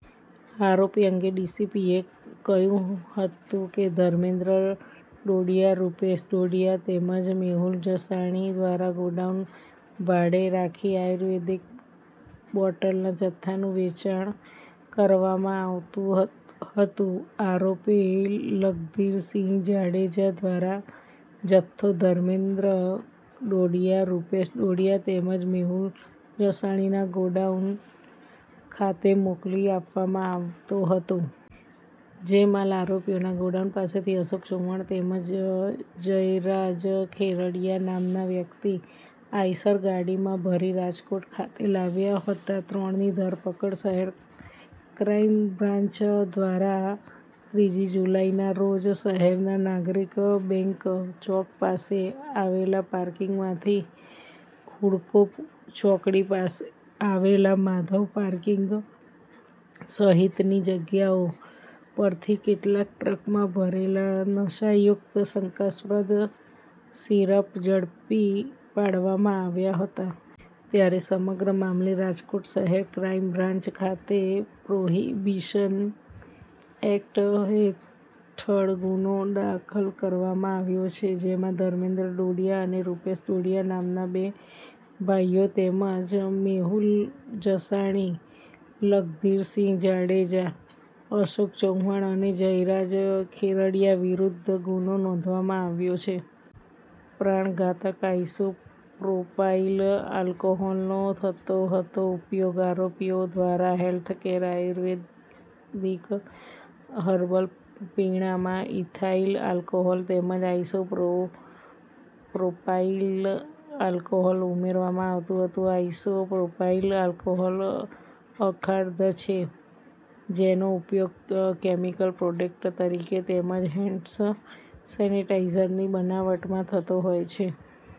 આરોપી અંગે ડીસીપીએ કહ્યું હતું કે, ધર્મેન્દ્ર ડોડીયા, રૂપેશ ડોડીયા તેમજ મેહુલ જસાણી દ્વારા ગોડાઉન ભાડે રાખી આયુર્વેદિક બોટલના જથ્થાનું વેચાણ કરવામાં આવતું હતું. આરોપી લકધીરસિંહ જાડેજા દ્વારા જથ્થો ધર્મેન્દ્ર ડોડીયા, રૂપેશ ડોડીયા તેમજ મેહુલ જસાણીના ગોડાઉન ખાતે મોકલી આપવામાં આવતો હતો. જે માલ આરોપીઓના ગોડાઉન ખાતેથી અશોક ચૌહાણ તેમજ જયરાજ ખેરડીયા નામના વ્યક્તિ આઇસર ગાડીમાં ભરી રાજકોટ ખાતે લાવ્યા હતા. ત્રણની ધરપકડ શહેર ક્રાઈમ બ્રાન્ચ દ્વારા ત્રીજી જુલાઈ ના રોજ શહેરના નાગરિક બેંક ચોક પાસે આવેલા પાર્કિંગમાંથી, હુડકો ચોકડી પાસે આવેલા માધવ પાર્કિંગ સહિતની જગ્યાઓ પરથી જેટલા ટ્રકમાં ભરેલા નશા યુક્ત શંકાસ્પદ સિરપ ઝડપી પાડવામાં આવ્યા હતા. ત્યારે સમગ્ર મામલે રાજકોટ શહેર ક્રાઈમ બ્રાન્ચ ખાતે પ્રોહિબિશન એક્ટ હેઠળ ગુનો દાખલ કરવામાં આવ્યો છે. જેમાં ધર્મેન્દ્ર ડોડીયા અને રૂપેશ ડોડીયા નામના બે ભાઈઓ તેમજ મેહુલ જસાણી, લકધીરસિંહ જાડેજા, અશોક ચૌહાણ અને જયરાજ ખેરડીયા વિરુદ્ધ ગુનો નોંધવામાં આવ્યો છે. પ્રાણઘાતક આઇસો પ્રોપાઈલ આલ્કોહોલનો થતો હતો ઉપયોગ આરોપીઓ દ્વારા હેલ્થકેર આયુર્વેદિક હર્બલ પીણામા ઈથાઈલ આલ્કોહોલ તેમજ આઇસો પ્રોપાઈલ આલ્કોહોલ ઉમેરવામાં આવતું હતું. આઈસો પ્રોપાઈલ આલ્કોહોલ અખાદ્ય છે. જેનો ઉપયોગ કેમિકલ પ્રોડક્ટ તરીકે તેમજ હેન્ડ્સ સેનેટાઇઝરની બનાવટમાં થતો હોય છે.